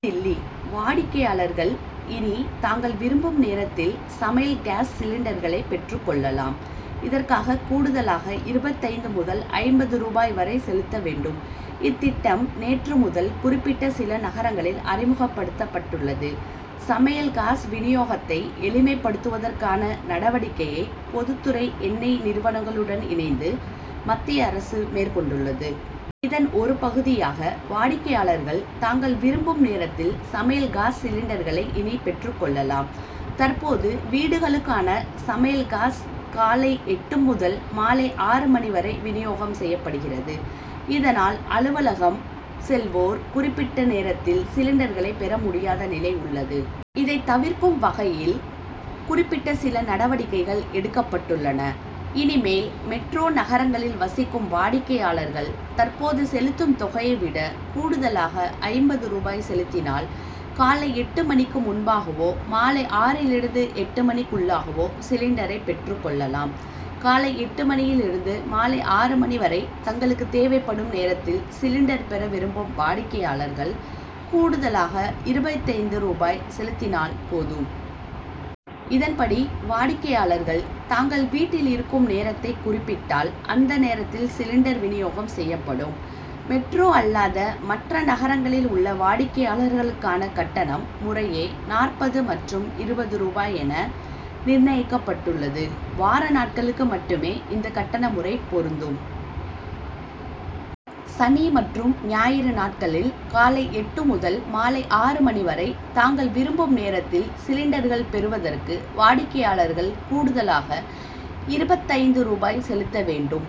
புதுடில்லி வாடிக்கையாளர்கள், இனி தாங்கள் விரும்பும் நேரத்தில் சமையல் காஸ் சிலிண்டர்களை பெற்றுக் கொள்ளலாம். இதற்காக கூடுதலாக இருபத்தைந்து முதல், ஐம்பது ரூபாய் வரை செலுத்த வேண்டும். இத்திட்டம், நேற்று முதல் குறிப்பிட்ட சில நகரங்களில் அறிமுகப்படுத்தப்பட்டுள்ளது. சமையல் காஸ் வினியோகத்தை எளிமைப்படுத்துவதற்கான நடவடிக்கையை, பொதுத்துறை எண்ணெய் நிறுவனங்களுடன் இணைந்து, மத்திய அரசு மேற்கொண்டுள்ளது. இதன் ஒரு பகுதியாக, வாடிக்கையாளர்கள், தாங்கள் விரும்பும் நேரத்தில் சமையல் காஸ் சிலிண்டர்களை இனி பெற்றுக் கொள்ளலாம். தற்போது, வீடுகளுக்கான சமையல் காஸ், காலை எட்டு முதல், மாலை ஆறு மணி வரை வினியோகம் செய்யப்படுகிறது. இதனால் அலுவலகம் செல்வோர், குறிப்பிட்ட நேரத்தில் சிலிண்டர்களை பெற முடியாத நிலை உள்ளது. இதை தவிர்க்கும் வகையில், குறிப்பிட்ட சில நடவடிக்கைகள் எடுக்கப்பட்டுள்ளன. இனிமேல், மெட்ரோ நகரங்களில் வசிக்கும் வாடிக்கையாளர்கள் தற்போது செலுத்தும் தொகையை விட, கூடுதலாக ஐம்பது ரூபாய் செலுத்தினால், காலை எட்டு மணிக்கு முன்பாகவோ, மாலை ஆறிலிருந்து எட்டு மணிக்குள்ளாகவோ சிலிண்டரை பெற்றுக் கொள்ளலாம். காலை எட்டு மணியில் இருந்து, மாலை ஆறு மணி வரை, தங்களுக்கு தேவைப்படும் நேரத்தில் சிலிண்டர் பெற விரும்பும் வாடிக்கையாளர்கள், கூடுதலாக இருபத்தைந்து ரூபாய் செலுத்தினால் போதும். இதன்படி, வாடிக்கையாளர்கள், தாங்கள் வீட்டில் இருக்கும் நேரத்தை குறிப்பிட்டால், அந்த நேரத்தில் சிலிண்டர் வினியோகம் செய்யப்படும். மெட்ரோ அல்லாத மற்ற நகரங்களில் உள்ள வாடிக்கையாளர்களுக்கான கட்டணம் முறையே நாற்பது மற்றும் இருபது ரூபாய் என, நிர்ணயிக்கப்பட்டுள்ளது. வார நாட்களுக்கு மட்டுமே இந்த கட்டண முறை பொருந்தும். சனி மற்றும் ஞாயிறு நாட்களில், காலை எட்டு முதல் மாலை ஆறு மணி வரை, தாங்கள் விரும்பும் நேரத்தில் சிலிண்டர்கள் பெறுவதற்கு, வாடிக்கையாளர்கள் கூடுதலாக இருபத்தைந்து ரூபாய் செலுத்த வேண்டும்.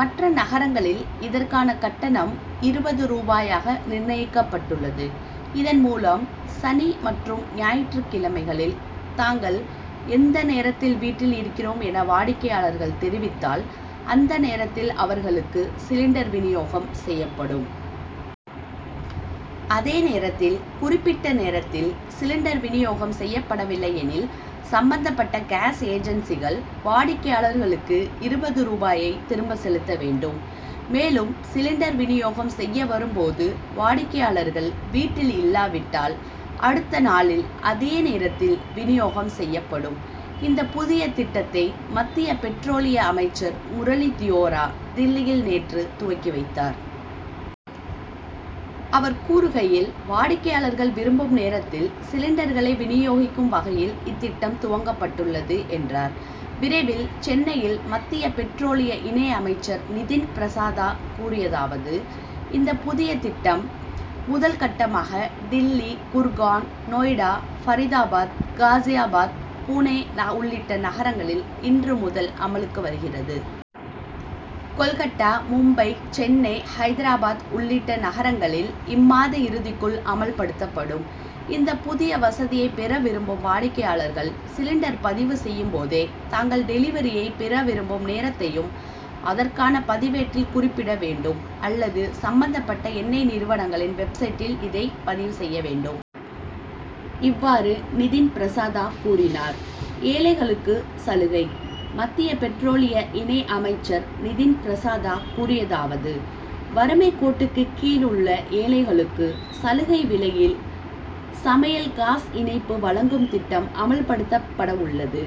மற்ற நகரங்களில் இதற்கான கட்டணம் இருபது ரூபாயாக நிர்ணயிக்கப்பட்டுள்ளது. இதன்மூலம், சனி மற்றும் ஞாயிற்றுக் கிழமைகளில், தாங்கள் எந்த நேரத்தில் வீட்டில் இருக்கிறோம் என, வாடிக்கையாளர்கள் தெரிவித்தால், அந்த நேரத்தில் அவர்களுக்கு சிலிண்டர் வினியோகம் செய்யப்படும். அதே நேரத்தில், குறிப்பிட்ட நேரத்தில் சிலிண்டர் வினியோகம் செய்யப்படவில்லை எனில், சம்பந்தப்பட்ட காஸ் ஏஜன்சிக்கள், வாடிக்கையாளர்களுக்கு இருபது ரூபாயை திரும்ப செலுத்த வேண்டும். மேலும், சிலிண்டர் வினியோகம் செய்ய வரும்போது, வாடிக்கையாளர்கள் வீட்டில் இல்லாவிட்டால், அடுத்த நாளில் அதே நேரத்தில் வினியோகம் செய்யப்படும். இந்த புதிய திட்டத்தை மத்திய பெட்ரோலிய அமைச்சர் முரளி தியோரா, டில்லியில் நேற்று துவக்கி வைத்தார். அவர் கூறுகையில், வாடிக்கையாளர்கள் விரும்பும் நேரத்தில் சிலிண்டர்களை வினியோகிக்கும் வகையில், இத்திட்டம் துவங்கப்பட்டுள்ளது என்றார். விரைவில் சென்னையில் மத்திய பெட்ரோலிய இணை அமைச்சர் நிதின் பிரசாதா கூறியதாவது இந்த புதிய திட்டம், முதல் கட்டமாக டில்லி, குர்கான், நொய்டா, பரிதாபாத், காஜியாபாத், புனே உள்ளிட்ட நகரங்களில் இன்று முதல் அமலுக்கு வருகிறது. கோல்கட்டா, மும்பை, சென்னை, ஐதராபாத் உள்ளிட்ட நகரங்களில் இம்மாத இறுதிக்குள் அமல்படுத்தப்படும். இந்த புதிய வசதியை பெற விரும்பும் வாடிக்கையாளர்கள், சிலிண்டர் பதிவு செய்யும்போதே, தாங்கள் டெலிவரியை பெற விரும்பும் நேரத்தையும் அதற்கான பதிவேட்டில் குறிப்பிட வேண்டும் அல்லது சம்பந்தப்பட்ட எண்ணெய் நிறுவனங்களின், வெப்சைட்டில் இதை பதிவு செய்ய வேண்டும். இவ்வாறு நிதின் பிரசாதா கூறினார். ஏழைகளுக்கு சலுகை மத்திய பெட்ரோலிய இணை அமைச்சர் நிதின் பிரசாதா கூறியதாவது வறுமைக் கோட்டுக்கு கீழ் உள்ள ஏழைகளுக்கு சலுகை விலையில் சமையல் காஸ் இணைப்பு வழங்கும் திட்டம் அமல்படுத்தப்பட உள்ளது.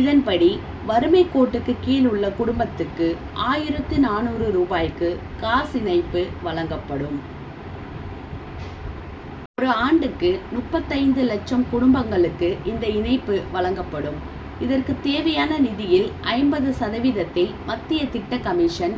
இதன்படி, வறுமைக் கோட்டுக்கு கீழ் உள்ள குடும்பத்துக்கு, ஆயிரத்து நானூறு ரூபாய்க்கு காஸ் இணைப்பு வழங்கப்படும். ஒரு ஆண்டுக்கு முப்பத்தைந்து லட்சம் குடும்பங்களுக்கு இந்த இணைப்பு வழங்கப்படும். இதற்கு தேவையான நிதியில், ஐம்பது சதவீதத்தை மத்திய திட்ட கமிஷன்